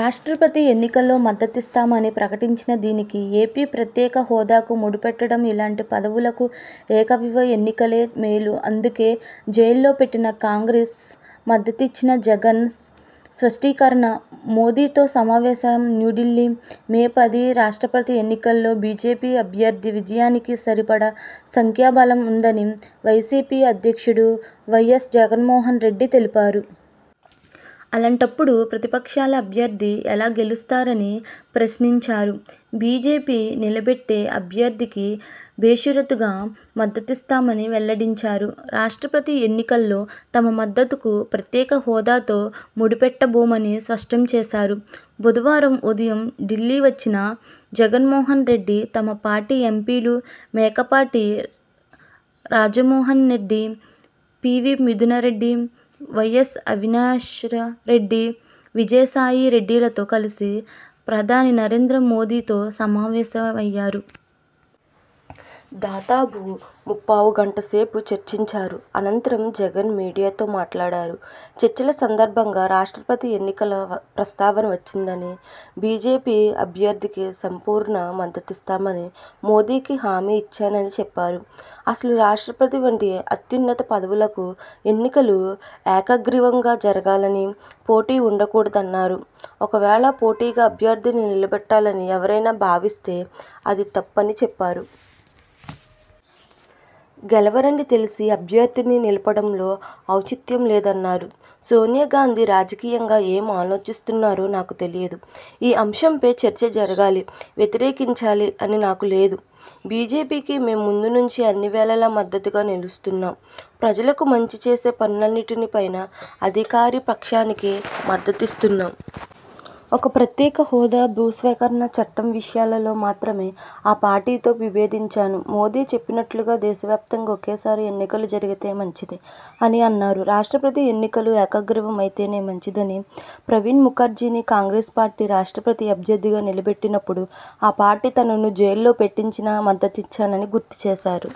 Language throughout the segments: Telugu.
రాష్ట్రపతి ఎన్నికలో మద్దతిస్తామని ప్రకటించిన దీనికి, ఏపీ ప్రత్యేక హోదాకు ముడిపెట్టటం ఇలాంటి పదవులకు ఏకగ్రీవ ఎన్నికే మేలుఅందుకే జైల్లో పెట్టినా కాంగ్రెస్ మద్దతిచ్చాజగన్స్ స్పష్టీకరణ.. మోదీతో సమావేశంన్యూఢిల్లీ, మే పది రాష్ట్రపతి ఎన్నికలో బీజేపీ అభ్యర్థి విజయానికి సరిపడా సంఖ్యాబలం ఉందని వైసీపీ అధ్యక్షుడు వైఎస్ జగన్మోహన్ రెడ్డి తెలిపారు. అలాంటప్పుడు ప్రతిపక్షాల అభ్యర్థి ఎలా గెలుస్తారని ప్రశ్నించారు. బీజేపీ నిలబెట్టే అభ్యర్థికి బేషరతుగా మద్దతిస్తామని వెల్లడించారు. రాష్ట్రపతి ఎన్నికలో తమ మద్దతుకు ప్రత్యేక హోదాతో ముడిపెట్టబోమని స్పష్టం చేశారు. బుధవారం ఉదయం ఢిల్లీ వచ్చిన జగన్మోహన్ రెడ్డి తమ పార్టీ ఎంపీలు మేకపాటి రాజమోహనెడ్డి, పీవీ మిథునరెడ్డి, వైఎస్ అవినాష్రెడ్డి, విజయసాయిరెడ్డిలతో కలిసి ప్రధాని నరేంద్ర మోదీతో సమావేశమయ్యారు. దాదాపు ముప్పావుగంట సేపు చర్చించారు. అనంతరం జగన్ మీడియాతో మాట్లాడారు. చర్చల సందర్భంగా రాష్ట్రపతి ఎన్నికల ప్రస్తావన వచ్చిందని, బీజేపీ అభ్యర్థికి సంపూర్ణ మద్దతిస్తామని మోదీకి హామీ ఇచ్చానని చెప్పారు. అసలు రాష్ట్రపతి వంటి అత్యున్నత పదవులకు ఎన్నికలు ఏకగ్రీవంగా జరగాలని, పోటీ ఉండకూడదన్నారు. ఒకవేళ పోటీగా అభ్యర్థిని నిలబెట్టాలని ఎవరైనా భావిస్తే అది తప్పని చెప్పారు. గెలవరని తెలిసీ అభ్యర్థిని నిలపడంలో ఔచిత్యం లేదన్నారు. 'సోనియాగాంధీ రాజకీయంగా ఏం ఆలోచిస్తున్నారో నాకు తెలియదు. ఈ అంశంపై చర్చ జరగాలి, వ్యతిరేకించాలి అని నాకు లేదు. బీజేపీకి మేం ముందు నుంచీ అన్నివేళలా మద్దతుగా నిలుస్తున్నాం. ప్రజలకు మంచి చేసే పనులన్నిటిపైనా అధికారి పక్షానికి మద్దతిస్తున్నాం. ఒక్క ప్రత్యేక హోదా, భూసేకరణ చట్టం విషయాలలో మాత్రమే ఆ పార్టీతో విభేదించాను. మోదీ చెప్పిన్నట్లుగా దేశవ్యాప్తంగా ఒకేసారి ఎన్నికలు జరిగితే మంచిదే' అని అన్నారు. రాష్ట్రపతి ఎన్నికలు ఏకగ్రీవం అయితేనే మంచిదని, ప్రవీన్ ముఖర్జీని కాంగ్రెస్ పార్టీ రాష్ట్రపతి అభ్యర్థిగా నిలబెట్టినప్పుడు ఆ పార్టీ తనను జైల్లో పెట్టించినా మద్దతిచ్చానని గుర్తుచేశారు.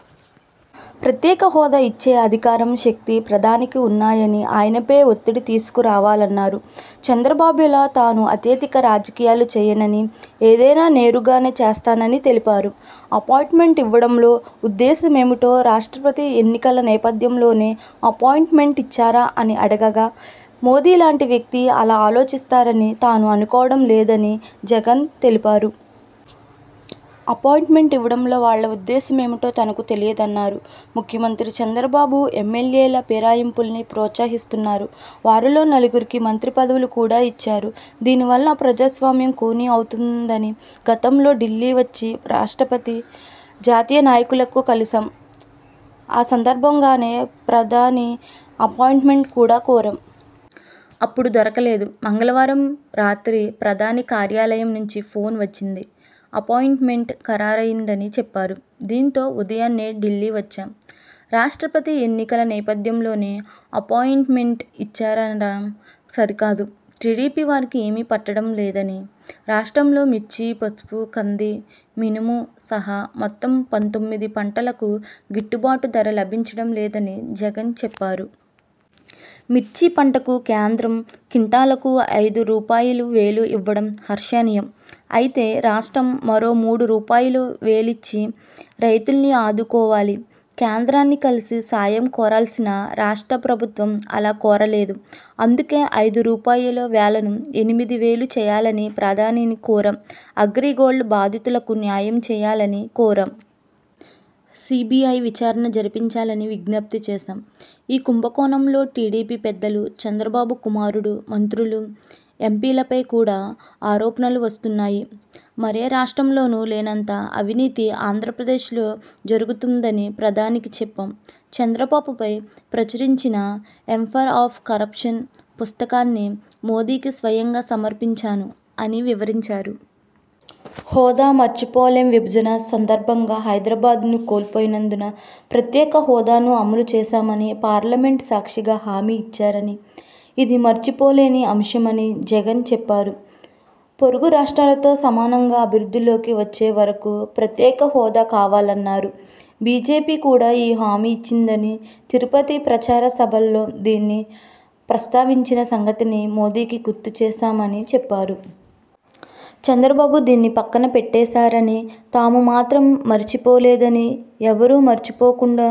ప్రత్యేక హోదా ఇచ్చే అధికారం, శక్తి ప్రధానికి ఉన్నాయని, ఆయనపై ఒత్తిడి తీసుకురావాలన్నారు. చంద్రబాబులా తాను అతెతిక రాజకీయాలు చేయనని, ఏదైనా నేరుగానే చేస్తానని తెలిపారు. అపాయింట్మెంట్ ఇవ్వడంలో ఉద్దేశమేమిటో రాష్ట్రపతి ఎన్నికల నేపథ్యంలోనే అపాయింట్మెంట్ ఇచ్చారా అని అడుగగా.. మోదీలాంటి వ్యక్తి అలా ఆలోచిస్తారని తాను అనుకోవడం లేదని జగన్ తెలిపారు. అపాయింట్మెంట్ ఇవ్వడంలో వాళ్ల ఉద్దేశమేమిటో తనకు తెలియదన్నారు. 'ముఖ్యమంత్రి చంద్రబాబు ఎమ్మెల్యేల ఫిరాయింపుల్ని ప్రోత్సహిస్తున్నారు. వారిలో నలుగురికి మంత్రి పదవులు కూడా ఇచ్చారు. దీనివల్ల ప్రజాస్వామ్యం ఖూనీ అవుతుందని గతంలో ఢిల్లీ వచ్చి రాష్ట్రపతి, జాతీయ నాయకులను కలిశాం. ఆ సందర్భంగానే ప్రధాని అపాయింట్మెంట్ కూడా కోరాం. అప్పుడు దొరకలేదు. మంగళవారం రాత్రి ప్రధాని కార్యాలయం నుంచి ఫోన్ వచ్చింది. అపాయింట్మెంట్ ఖరారైందని చెప్పారు. దీంతో ఉదయాన్నే ఢిల్లీ వచ్చాం. రాష్ట్రపతి ఎన్నికల నేపథ్యంలోనే అపాయింట్మెంట్ ఇచ్చారనడం సరికాదు. టీడీపీ వారికి ఏమీ పట్టడం లేదని, రాష్ట్రంలో మిర్చి, పసుపు, కంది, మినుము సహా మొత్తం పంతొమ్మిది పంటలకు గిట్టుబాటు ధర లభించడం లేదని జగన్ చెప్పారు. 'మిర్చి పంటకు కేంద్రం క్వింటాలుకు ఐదు రూపాయలువేలు ఇవ్వడం హర్షణీయం. అయితే రాష్ట్రం మరో మూడు రూపాయలువేలిచ్చి రైతుల్ని ఆదుకోవాలి. కేంద్రాన్ని కలిసి సాయం కోరాల్సిన రాష్ట్ర ప్రభుత్వం అలా కోరలేదు. అందుకే ఐదు రూపాయలువేలను ఎనిమిది వేలు చేయాలని ప్రధానిని కోరాం. అగ్రిగోల్డ్ బాధితులకు న్యాయం చేయాలనీ కోరాం. సీబీఐ విచారణ జరిపించాలని విజ్ఞప్తి చేశాం. ఈ కుంభకోణంలో టీడీపీ పెద్దలు, చంద్రబాబు కుమారుడు, మంత్రులు, ఎంపీలపై కూడా ఆరోపణలు వస్తున్నాయి. మరే రాష్ట్రంలోనూ లేనంత అవినీతి ఆంధ్రప్రదేశలో జరుగుతుందని ప్రధానికి చెప్పాం. చంద్రబాబుపై ప్రచురించిన 'ఎంపర్ ఆఫ్ కరప్షన' పుస్తకాన్ని మోదీకి స్వయంగా సమర్పించాను' అని వివరించారు. హోదా మరచిపోలేంవిభజన సందర్భంగా హైదరాబాద్ను కోల్పోయినందున ప్రత్యేక హోదాను అమలు చేసామని పార్లమెంటు సాక్షిగా హామీ ఇచ్చారని, ఇది మరచిపోలేని అంశమని జగన్ చెప్పారు. పొరుగు రాష్ట్రాలతో సమానంగా అభివృద్ధిలోకి వచ్చేవరకూ ప్రత్యేక హోదా కావాలన్నారు. బీజేపీ కూడా ఈ హామీ ఇచ్చిందని, తిరుపతి ప్రచార సభలో దీన్ని ప్రస్తావించిన సంగతిని మోదీకి గుర్తుచేశామని చెప్పారు. చంద్రబాబు దీన్ని పక్కన పెట్టేశారని, తాము మాత్రం మరచిపోలేదని, ఎవరూ మరచిపోకుండా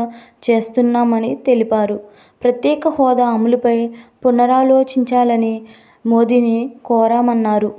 చేస్తున్నామని తెలిపారు. ప్రత్యేక హోదా అమలుపై పునరాలోచించాలని మోదీని కోరామన్నారు.